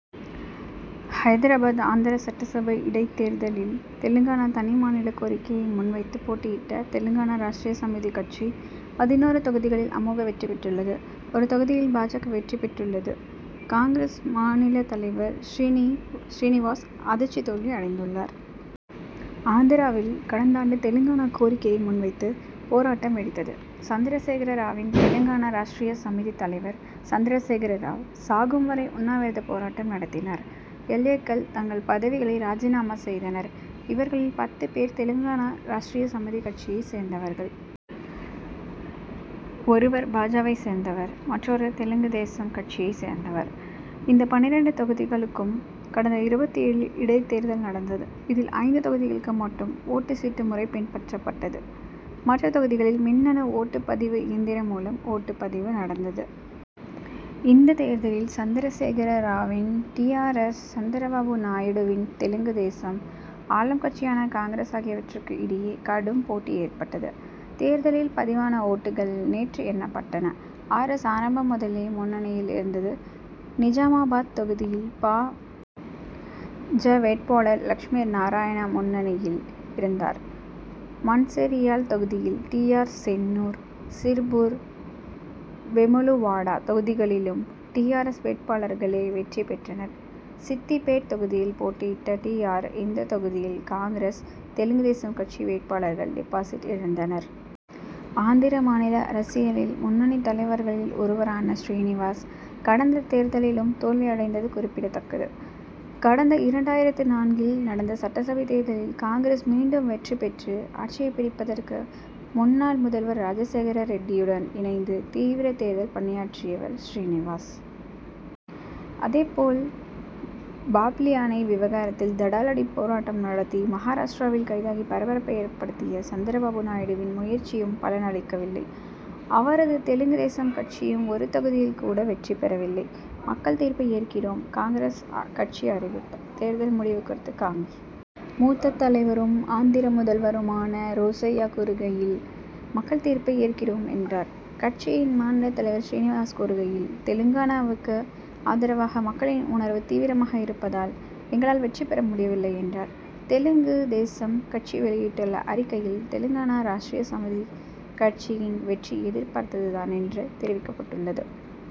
ஐதராபாத் ஆந்திர சட்டசபை இடைத் தேர்தலில், தெலுங்கானா தனி மாநில கோரிக்கையை முன்வைத்து போட்டியிட்ட தெலுங்கானா ராஷ்டிரிய சமிதி கட்சி, பதினொரு தொகுதிகளில் அமோக வெற்றி பெற்றுள்ளது. ஒரு தொகுதியில் பா. ஜ., வெற்றி பெற்றுள்ளது. காங்., மாநில தலைவர் ஸ்ரீநி ஸ்ரீநிவாஸ் அதிர்ச்சி தோல்வி அடைந்துள்ளார். ஆந்திராவில் கடந்தாண்டு தெலுங்கானா கோரிக்கையை முன்வைத்து, போராட்டம் வெடித்தது. சந்திரசேகர ராவின் தெலுங்கானா ராஷ்டிரிய சமிதி தலைவர் சந்திரசேகர ராவ், சாகும் வரை உண்ணாவிரத போராட்டம் நடத்தினார். எல். ஏ.,க்கள் தங்கள் பதவிகளை ராஜினாமா செய்தனர். இவர்களில் பத்து பேர் தெலுங்கானா ராஷ்டிரிய சமிதி கட்சியை சேர்ந்தவர்கள். ஒருவர் பா. ஜ.,வைச் சேர்ந்தவர். மற்றொருவர் தெலுங்கு தேசம் கட்சியை சேர்ந்தவர். இந்த பன்னிரண்டு தொகுதிகளுக்கும் கடந்த இருபத்தேழில் இடைத்தேர்தல் நடந்தது. இதில், ஐந்து தொகுதிகளுக்கு மட்டும் ஓட்டுச் சீட்டு முறை பின்பற்றப்பட்டது. மற்ற தொகுதிகளில் மின்னணு ஓட்டுப் பதிவு இயந்திரம் மூலம் ஓட்டுப் பதிவு நடந்தது. இந்த தேர்தலில் சந்திரசேகர ராவின் டி. ஆர். எஸ்., சந்திரபாபு நாயுடுவின் தெலுங்கு தேசம், ஆளும் கட்சியான காங்கிரஸ் ஆகியவற்றுக்கு இடையே கடும் போட்டி ஏற்பட்டது. தேர்தலில் பதிவான ஓட்டுகள் நேற்று எண்ணப்பட்டன. ஆர். எஸ்., ஆரம்பம் முதலே முன்னணியில் இருந்தது. நிஜாமாபாத் தொகுதியில் பா. ஜ., வேட்பாளர் லஷ்மி நாராயணா முன்னணியில் இருந்தார். மன்செரியால் தொகுதியில் டி. ஆர். சென்னூர், சிர்புர், வெமுலுவாடா தொகுதிகளிலும் டி. ஆர். எஸ்., வேட்பாளர்களே வெற்றி பெற்றனர். சித்திபேட் தொகுதியில் போட்டியிட்ட டி. ஆர். இந்த தொகுதியில் காங்கிரஸ், தெலுங்கு தேசம் கட்சி வேட்பாளர்கள் டிபாசிட் இழந்தனர். ஆந்திர மாநில அரசியலில் முன்னணி தலைவர்களில் ஒருவரான ஸ்ரீநிவாஸ், கடந்த தேர்தலிலும் தோல்வி அடைந்தது குறிப்பிடத்தக்கது. கடந்த இரண்டாயிரத்து நான்கில் நடந்த சட்டசபை தேர்தலில் காங்கிரஸ் மீண்டும் வெற்றி பெற்று, ஆட்சியை பிடிப்பதற்கு முன்னாள் முதல்வர் ராஜசேகர ரெட்டியுடன் இணைந்து, தீவிர தேர்தல் பணியாற்றிவர் ஸ்ரீநிவாஸ். அதேபோல், பாப்லி அணை விவகாரத்தில் தடாலடி போராட்டம் நடத்தி, மகாராஷ்டிராவில் கைதாகி பரபரப்பை ஏற்படுத்திய சந்திரபாபு நாயுடுவின் முயற்சியும் பலன் அளிக்கவில்லை. அவரது தெலுங்கு தேசம் கட்சியும் ஒரு தொகுதியில் கூட வெற்றி பெறவில்லை. மக்கள் தீர்ப்பை ஏற்கிறோம் காங்கிரஸ் கட்சி அறிவிப்பு: தேர்தல் முடிவு குறித்து காங்., மூத்த தலைவரும், ஆந்திர முதல்வருமான ரோசய்யா கூறுகையில்,"மக்கள் தீர்ப்பை ஏற்கிறோம்'என்றார். கட்சியின் மாநில தலைவர் ஸ்ரீநிவாஸ் கூறுகையில், "தெலுங்கானாவுக்கு ஆதரவாக மக்களின் உணர்வு தீவிரமாக இருப்பதால், எங்களால் வெற்றி பெற முடியவில்லை' என்றார். தெலுங்கு தேசம் கட்சி வெளியிட்டுள்ள அறிக்கையில்,"தெலுங்கானா ராஷ்டிரிய சமிதி கட்சியின் வெற்றி, எதிர்பார்த்தது தான்' என, தெரிவிக்கப்பட்டுள்ளது.